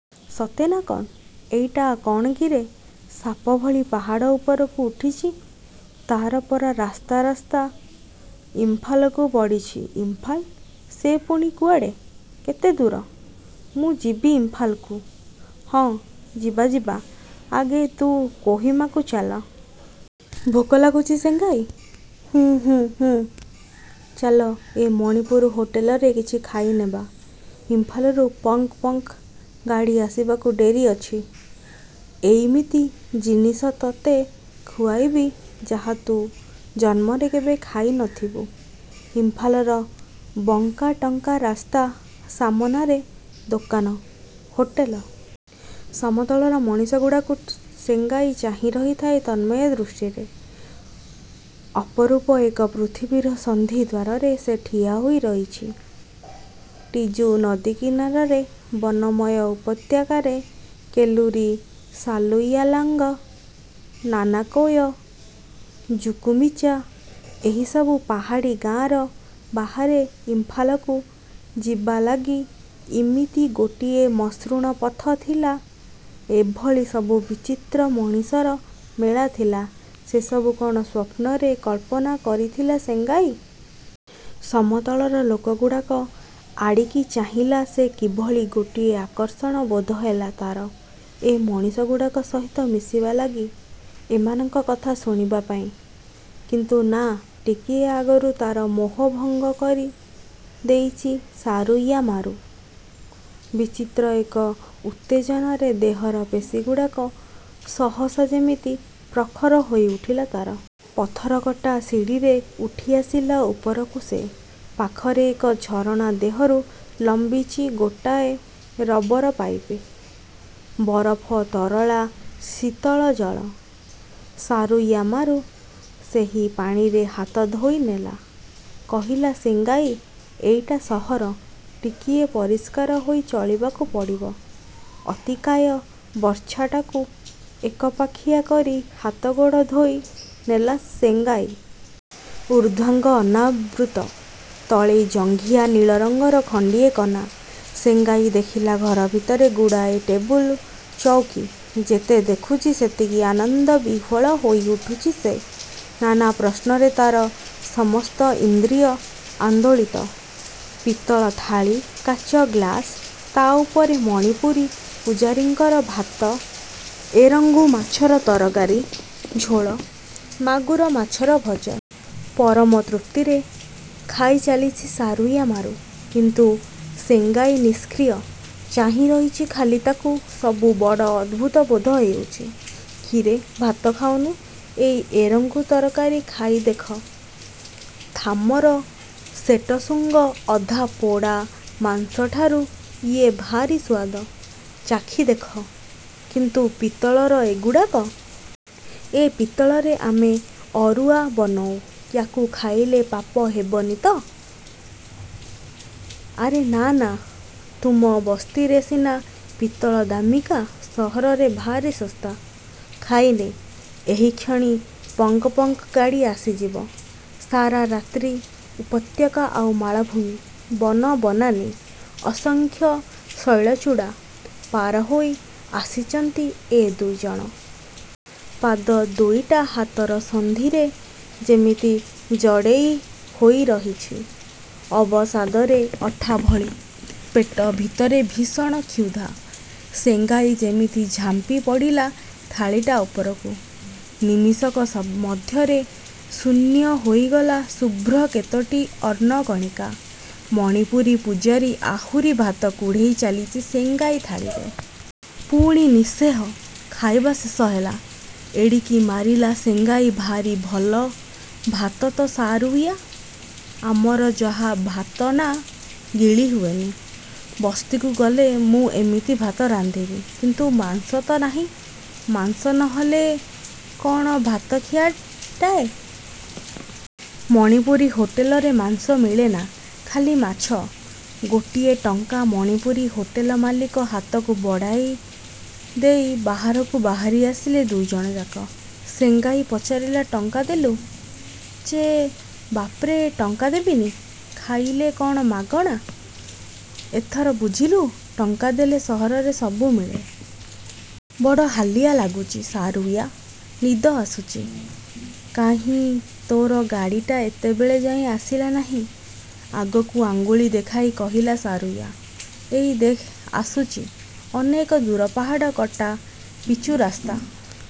ସତେ ନା କଣ? ଏଇଟା କଣ କିରେ ସାପ ଭଳି ପାହାଡ଼ ଉପରକୁ ଉଠିଚି। ତାଟ ପରା ରାସ୍ତା ରାସ୍ତା ଇମ୍ଫାଲକୁ ପଡ଼ିଚି। ଇମ୍ଫାଲ? ସେ ପୁଣି କୁଆଡ଼େ? କେତେ ଦୂର? ମୁଁ ଯିବି ଇମ୍ଫାଲକୁ। ହଁ, ଯିବା ଯିବା, ଆଗେ ତୁ କୋହିମାକୁ ଚାଲ। ଭୋକ ଲାଗୁଚି ସେଙ୍ଗାଇ? ହୁଁ ହୁଁ ହୁଁ। ଚାଲ ଏ ମଣିପୁର ହୋଟେଲରେ କିଛି ଖାଇନେବା। ଇମ୍ଫାଲରୁ ପଙ୍କ୍ ପଙ୍କ୍ ଗାଡ଼ି ଆସିବାକୁ ଡେରି ଅଛି। ଏଇମିତି ଜିନିଷ ତତେ ଖୁଆଇବି ଯାହା ତୁ ଜନ୍ମରେ କେବେ ଖାଇ ନଥିବୁ। ଇମ୍ଫାଲର ବଙ୍କାଟଙ୍କା ରାସ୍ତା, ସାମନାରେ ଦୋକାନ, ହୋଟେଲ। ସମତଳର ମଣିଷଗୁଡ଼ାକୁ ସେଙ୍ଗାଇ ଚାହିଁ ରହିଥାଏ ତନ୍ମୟ ଦୃଷ୍ଟିରେ। ଅପରୂପ ଏକ ପୃଥିବୀର ସନ୍ଧିଦ୍ୱାରରେ ସେ ଠିଆହୋଇ ରହିଚି। ଟିଜୁ ନଦୀ କିନାରାରେ, ବନମୟ ଉପତ୍ୟକାରେ, କେଲୁରୀ, ସାଲୁୟାଲାଙ୍ଗ, ନାନାକୋୟା, ଜୁକୁମିଚା ଏହିସବୁ ପାହାଡ଼ୀ ଗାଁର ବାହାରେ ଇମ୍ଫାଲକୁ ଯିବା ଲାଗି ଇମିତି ଗୋଟିଏ ମସୃଣ ପଥ ଥିଲା, ଏଭଳି ସବୁ ବିଚିତ୍ର ମଣିଷର ମେଳା ଥିଲା, ସେସବୁ କଣ ସ୍ୱପ୍ନରେ କଳ୍ପନା କରିଥିଲା ସେଙ୍ଗାଇ? ସମତଳର ଲୋକଗୁଡ଼ାକ ଆଡ଼ିକି ଚାହିଁଲା ସେ କିଭଳି ଗୋଟିଏ ଆକର୍ଷଣ ବୋଧହେଲା ତାର ଏ ମଣିଷଗୁଡ଼ାକ ସହିତ ମିଶିବା ଲାଗି, ଏମାନଙ୍କ କଥା ଶୁଣିବା ପାଇଁ। କିନ୍ତୁ ନା, ଟିକିଏ ଆଗରୁ ତାର ମୋହ ଭଙ୍ଗ କରି ଦେଇଚି ସାରୁୟାମାରୁ। ବିଚିତ୍ର ଏକ ଉତ୍ତେଜନାରେ ଦେହର ପେଶୀଗୁଡ଼ାକ ସହସା ଯେମିତି ପ୍ରଖର ହୋଇଉଠିଲା ତାର। ପଥରକଟା ସିଡ଼ିରେ ଉଠିଆସିଲା ଉପରକୁ ସେ। ପାଖରେ ଏକ ଝରଣା ଦେହରୁ ଲମ୍ବିଚି ଗୋଟାଏ ରବରପାଇପ। ବରଫ ତରଳା ଶୀତଳ ଜଳ। ସାରୁୟାମାରୁ ସେହି ପାଣିରେ ହାତ ଧୋଇନେଲା। କହିଲା, ସେଙ୍ଗାଇ ଏଇଟା ସହର, ଟିକିଏ ପରିଷ୍କାର ହୋଇ ଚଳିବାକୁ ପଡ଼ିବ। ଅତିକାୟ ବର୍ଚ୍ଛାଟାକୁ ଏକପାଖିଆ କରି ହାତଗୋଡ଼ ଧୋଇ ନେଲା ସେଙ୍ଗାଇ। ଊର୍ଦ୍ଧ୍ୱାଙ୍ଗ ଅନାବୃତ୍ତ। ତଳେ ଜଙ୍ଘିଆ ନୀଳ ରଙ୍ଗର ଖଣ୍ଡିଏ କନା। ସେଙ୍ଗାଇ ଦେଖିଲା ଘର ଭିତରେ ଗୁଡ଼ାଏ ଟେବୁଲ, ଚୌକୀ। ଯେତେ ଦେଖୁଚି, ସେତିକି ଆନନ୍ଦବିହ୍ୱଳ ହୋଇଉଠୁଚି ସେ। ନାନା ପ୍ରଶ୍ନରେ ତାର ସମସ୍ତ ଇନ୍ଦ୍ରିୟ ଆନ୍ଦୋଳିତ। ପିତ୍ତଳ ଥାଳୀ, କାଚ ଗ୍ଲାସ, ତା ଉପରେ ମଣିପୁରୀ ପୂଜାରୀଙ୍କର ଭାତ, ଏରଙ୍ଗୁ ମାଛର ତରକାରୀ, ଝୋଳ, ମାଗୁର ମାଛର ଭଜା। ପରମତୃପ୍ତିରେ ଖାଇଚାଲିଚି ସାରୁୟାମାରୁ କିନ୍ତୁ ସେଙ୍ଗାଇ ନିଷ୍କ୍ରିୟ। ଚାହିଁ ରହିଚି ଖାଲି ତାକୁ ସବୁ ବଡ଼ ଅଦ୍ଭୁତ ବୋଧ ହେଉଚୀ। କିରେ ଭାତ ଖାଉନୁ, ଏଇ ଏରଙ୍ଗୁ ତରକାରୀ ଖାଇ ଦେଖ। ଥାମର ସେଟସୁଙ୍ଗ ଅଧା ପୋଡ଼ା ମାଂସଠାରୁ ଇଏ ଭାରି ସୁଆଦ। ଚାଖି ଦେଖ। କିନ୍ତୁ ପିତ୍ତଳର ଏଗୁଡ଼ାକ। ଏ ପିତ୍ତଳରେ ଆମେ ଅରୁଆ ବନଉଁ, ୟାକୁ ଖାଇଲେ ପାପ ହେବନି ତ! ଆରେ ନାଁ ନାଁ, ତୁମ ବସ୍ତିରେ ସିନା ପିତ୍ତଳ ଦାମିକା, ସହରରେ ଭାରି ଶସ୍ତା। ଖାଇନେ, ଏହିକ୍ଷଣି ପଙ୍କ୍ ପଙ୍କ୍ ଗାଡ଼ି ଆସିଯିବ। ସାରା ରାତ୍ରି ଉପତ୍ୟକା ଆଉ ମାଳଭୂମି, ବନ ବନାନୀ, ଅସଂଖ୍ୟ ଶୈଳଚୂଡ଼ା ପାର ହୋଇ ଆସିଚନ୍ତି ଏ ଦୁଇଜଣ। ପାଦ ଦୁଇଟା ହାତର ସନ୍ଧିରେ ଯେମିତି ଜଡ଼େଇ ହୋଇରହିଛି ଅବସାଦରେ, ଅଠା ଭଳି। ପେଟ ଭିତରେ ଭୀଷଣ କ୍ଷୁଧା। ସେଙ୍ଗାଇ ଯେମିତି ଝାମ୍ପି ପଡ଼ିଲା ଥାଳୀଟା ଉପରକୁ। ନିମିଷକ ସ ମଧ୍ୟରେ ଶୂନ୍ୟ ହୋଇଗଲା ଶୁଭ୍ର କେତୋଟି ଅନ୍ନକଣିକା। ମଣିପୁରୀ ପୂଜାରୀ ଆହୁରି ଭାତ କୁଢ଼େଇ ଚାଲିଚି ସେଙ୍ଗାଇ ଥାଳୀରେ। ପୁଣି। ନିଃଶେହ। ଖାଇବା ଶେଷ ହେଲା। ଏଡ଼ିକି ମାରିଲା ସେଙ୍ଗାଇ ଭାରି ଭଲ ଭାତ ତ ସାରୁୟା! ଆମର ଯାହା ଭାତନା, ଗିଳି ହୁଏନି। ବସ୍ତିକୁ ଗଲେ ମୁଁ ଏମିତି ଭାତ ରାନ୍ଧିବି, କିନ୍ତୁ ମାଂସ ତ ନାହିଁ। ମାଂସ ନ ହେଲେ କଣ ଭାତ ଖିଆଟାଏ? ମଣିପୁରୀ ହୋଟେଲରେ ମାଂସ ମିଳେନା, ଖାଲି ମାଛ। ଗୋଟିଏ ଟଙ୍କା ମଣିପୁରୀ ହୋଟେଲ ମାଲିକ ହାତକୁ ବଢ଼ାଇ ଦେଇ ବାହାରକୁ ବାହାରି ଆସିଲେ ଦୁଇଜଣଯାକ। ସେଙ୍ଗାଇ ପଚାରିଲା ଟଙ୍କା ଦେଲୁ ଯେ! ବାପ୍ରେ, ଟଙ୍କା ଦେବିନି? ଖାଇଲେ କଣ ମାଗଣା? ଏଥର ବୁଝିଲୁ, ଟଙ୍କା ଦେଲେ ସହରରେ ସବୁ ମିଳେ। ବଡ଼ ହାଲିଆ ଲାଗୁଚି ସାରୁୟା ନିଦ ଆସୁଚି। କାହିଁ ତୋର ଗାଡ଼ିଟା ଏତେବେଳେ ଯାଏ ଆସିଲା ନାହିଁ। ଆଗକୁ ଅଙ୍ଗୁଳି ଦେଖାଇ କହିଲା ସାରୁୟା ଏଇ ଦେଖ ଆସୁଚି। ଅନେକ ଦୂର ପାହାଡ଼ କଟା ପିଚୁରାସ୍ତା।